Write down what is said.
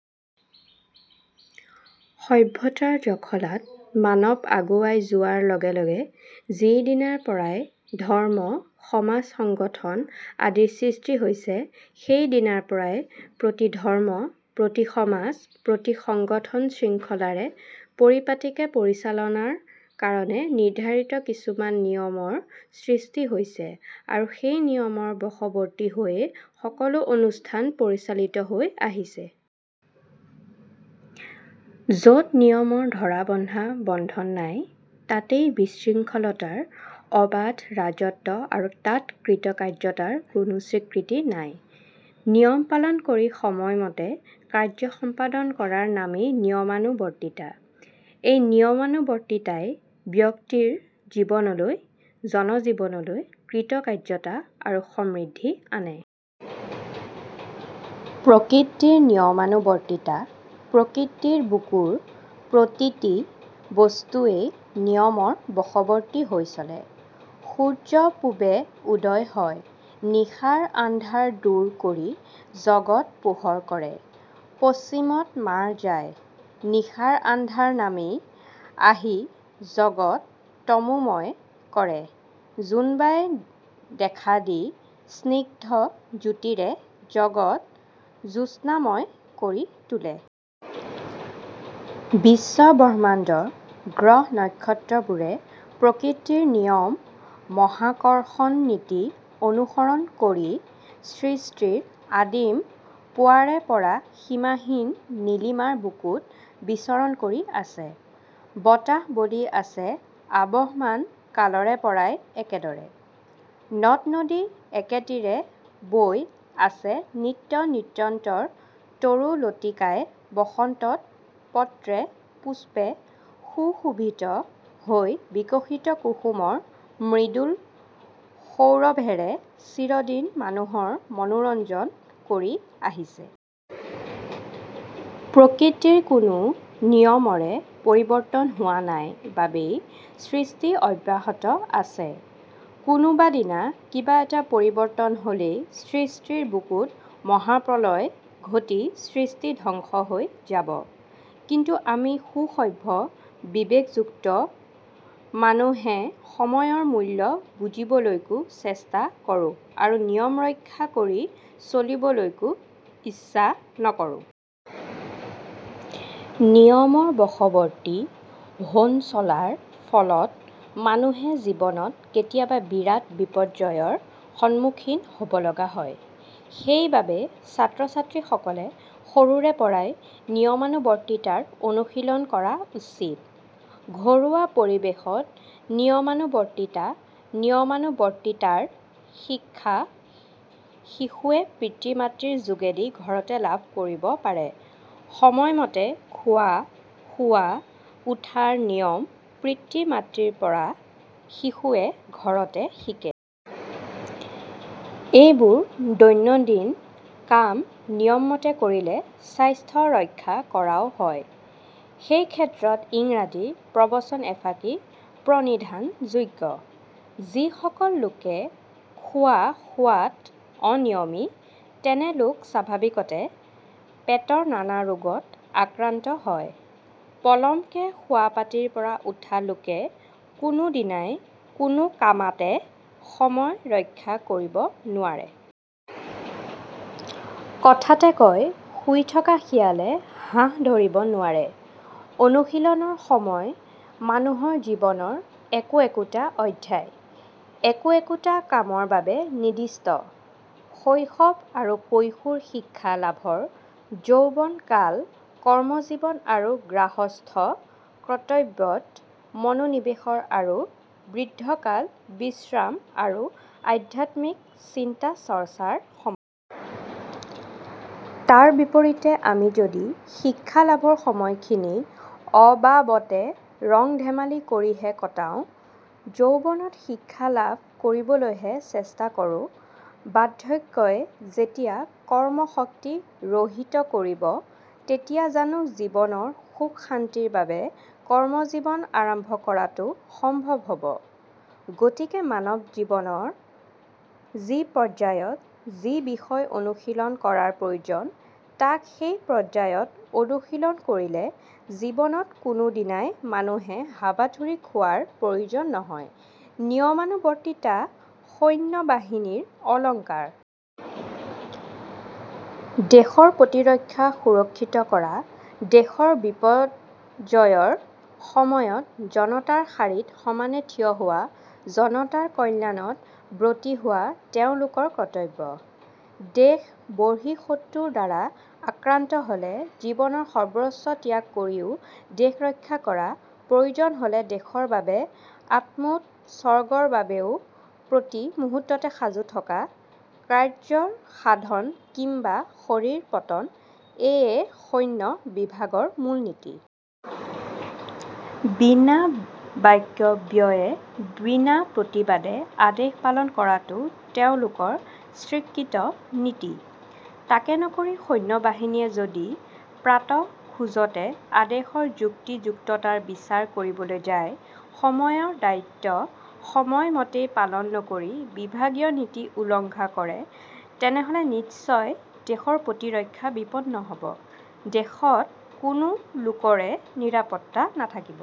সভ্যতাৰ জখলাত মানৱ আগুৱাই যােৱাৰ লগে লগে যি দিনাৰপৰাই ধৰ্ম, সমাজ সংগঠন আদিৰ সৃষ্টি হৈছে, সেই দিনাৰপৰাই প্ৰতি ধৰ্ম, প্ৰতি সমাজ, প্ৰতি সংগঠন শৃংখলাৰে, পৰিপাটিকে পৰিচালনাৰ কাৰণে নিৰ্ধাৰিত কিছুমান নিয়মৰ সৃষ্টি হৈছে আৰু সেই নিয়মৰ বশৱৰ্তী হৈয়েই সকলাে অনুষ্ঠান পৰিচালিত হৈ আহিছে। যত নিয়মৰ ধৰা-বন্ধা বন্ধন নাই, তাতেই বিশৃংখলতাৰ অবাধ ৰাজত্ব আৰু তাত কৃতকাৰ্যতাৰ কোনাে স্বীকৃতি নাই। নিয়ম পালন কৰি সময়মতে কাৰ্য সম্পাদন কৰাৰ নামেই নিয়মানুৱৰ্তিতা। এই নিয়মানৱৰ্তিতাই ব্যক্তিৰ জীৱনলৈ, জনজীৱনলৈ কৃতকাৰ্যতা আৰু সমৃদ্ধি আনে। প্ৰকৃতিৰ নিয়মানুবৰ্তিতা প্ৰকৃতিৰ বুকুৰ প্ৰতিটি বস্তুৱেই নিয়মৰ বশৱৰ্তী হৈ চলে। সূৰ্য পূবে উদয় হয়; নিশাৰ আন্ধাৰ দূৰ কৰি জগৎ পােহৰ কৰে; পশ্চিমত মাৰ যায়; নিশাৰ আন্ধাৰ নামি আহিজগৎ তমােময় কৰে। জোনবায়ে দেখা দি স্নিগ্ধ জ্যোতিৰে জগৎ জ্যোৎস্নাময় কৰি তােলে। বিশ্ব ব্ৰহ্মাণ্ডৰ গ্ৰহ-নক্ষত্ৰবােৰে প্ৰকৃতিৰ নিয়ম, মহাকৰ্ষৰ্ণনীতি অনুসৰণ কৰি সৃষ্টিৰ আদিম পুৱাৰেপৰা সীমাহীন নীলিমাৰ বুকুত বিচৰণ কৰি আছে; বতাহ বলি আছে আবহমান কালৰেপৰাই একেদৰে। নদ-নদী একেতিৰে বৈ আছে নিত্য-নিৰন্তৰ তৰু-লতিকাই বসন্তত পত্ৰে-পুষ্পে সুশােভিত হৈ বিকশিত কুসুমৰ মৃদুল সৌৰভেৰে চিৰদিন মানুহৰ মনােৰঞ্জন কৰি আহিছে। প্ৰকৃতিৰ কোনাে নিয়মৰে পৰিৱৰ্তন হােৱা নাই বাবেই সৃষ্টি অব্যাহত আছে কোনােবাদিনা কিবা এটা পৰিৱৰ্তন হ'লেই সৃষ্টিৰ বুকুত মহাপ্ৰলয় ঘটি সৃষ্টি ধ্বংস হৈ যাব। কিন্তু আমি সুসভ্য, বিবেকযুক্ত মানুহেসময়ৰ মূল্য বুজিবলৈকো চেষ্টা কৰাে আৰু নিয়ম ৰক্ষা কৰি চলিবলৈকো ইচ্ছা নকৰাে। নিয়মৰ বশৱৰ্তী হৈনচলাৰ ফলত মানুহে জীৱনত কেতিয়াবা বিৰাট বিপৰ্যয়ৰ সন্মুখীন হ'বলগা হয়। সেইবাবে ছাত্ৰ-ছাত্ৰীসকলে সৰুৰেপৰাই নিয়মানুবৰ্তিতাৰ অনুশীলন কৰা উচিত। ঘৰুৱা পৰিৱেশত নিয়মানুবৰ্তিতা নিয়মানুবৰ্তিতাৰ শিক্ষা শিশুৱে পিতৃ-মাতৃৰ যােগেদি ঘৰতে লাভ কৰিব পাৰে। সময় মতে খােৱা, শােৱা, উঠাৰ নিয়ম পিতৃ-মাতৃৰপৰা শিশুৱে ঘৰতে শিকে। এইবােৰ দৈনন্দিন কাম নিয়ম মতে কৰিলে, স্বাস্থ্য ৰক্ষা কৰাও হয়। সেই ক্ষেত্ৰত ইংৰাজী প্ৰবচন এফাকি প্ৰণিধানযােগ্য যি সকল লােকে খােৱা-শােৱাত অনিয়মী, তেনে লােক স্বাভাৱিকতে পেটৰ নানা ৰোগত আক্ৰান্ত হয়। পলমকে শােৱাপাটীৰপৰা উঠা লােকে কোনােদিনাই কোনাে কামাতে সময় ৰক্ষা কৰিব নোৱাৰে। কথাতে কয়- "শুই থকা শিয়ালে হাঁহ ধৰিব নােৱাৰে। " অনুশীলনৰ সময় মানুহৰ জীৱনৰ একো একোটা অধ্যায়, একো একোটা কামৰ বাবে নিৰ্দিষ্ট। শৈশৱ আৰু কৈশােৰ শিক্ষা লাভৰ যৌৱন কাল কৰ্মজীৱন আৰু গাহস্থ্য কৰ্তব্যত মনােনিৱেশৰ আৰু বৃদ্ধ কাল বিশ্ৰাম আৰু আধ্যাত্মিক চিন্তা-চৰ্চাৰ সময়। তাৰ বিপৰীতে আমি যদি শিক্ষালাভৰ সময়খিনি অবাবতে ৰং-ধেমালি কৰিহে কটাওঁ, যৌৱনত শিক্ষা লাভ কৰিবলৈহে চেষ্টা কৰো, বাৰ্দ্ধক্যই যেতিয়া কৰ্মশক্তি ৰহিত কৰিব, তেতিয়া জানাে জীৱনৰ সুখ-শান্তিৰ বাবে কৰ্ম-জীৱন আৰম্ভ কৰাটো সম্ভৱ হ'ব? গতিকে মানৱ জীৱনৰ যি পৰ্যায়ত, যি বিষয় অনুশীলন কৰাৰ প্ৰয়ােজন, তাক সেই পৰ্যায়ত অনুশীলন কৰিলে জীৱনত কোনাে দিনাই মানুহে হাবাথুৰি খােৱাৰ প্ৰয়ােজন নহয়, নিয়মানুবৰ্তিতা সৈন্যবাহিনীৰ অলংকাৰ। দেশৰ প্ৰতিৰক্ষা সুৰক্ষিত কৰা, দেশৰ বিপৰ্যয়ৰ সময়ত জনতাৰ শাৰীত সমানে থিয় হােৱা, জনতাৰ কল্যাণত ব্ৰতী হােৱা তেওঁলােকৰ কৰ্তব্য। দেশ বহিঃশত্ৰুৰ দ্বাৰা আক্ৰান্ত হলে জীৱনৰ সৰ্বস্ব ত্যাগ কৰিও দেশ ৰক্ষা কৰা, প্ৰয়ােজন হলে দেশৰ বাবে আত্মােৎসৰ্গৰ বাবেও প্ৰতি মুহূৰ্ততে সাজু থকা, "কাৰ্যৰ সাধন কিম্বা শৰীৰ পতন" -এয়ে সৈন্য বিভাগৰ মূলনীতি। বিনা বাক্য ব্যয়ে, বিনা প্ৰতিবাদে আদেশ পালন কৰাটো তেওঁলােকৰ স্বীকৃত নীতি। তাকে নকৰি সৈন্যবাহিনীয়ে যদি প্ৰাত খােজতে আদেশৰ যুক্তি-যুক্ততাৰ বিচাৰ কৰিবলৈ যায়, সময়ৰ দায়িত্ব সময় মতেই পালন নকৰি বিভাগীয় নীতি উলংঘা কৰে, তেনেহ'লে নিশ্চয় দেশৰ প্ৰতিৰক্ষা বিপন্ন হ'ব; দেশত কোনাে লােকৰে নিৰাপত্তা নাথাকিব।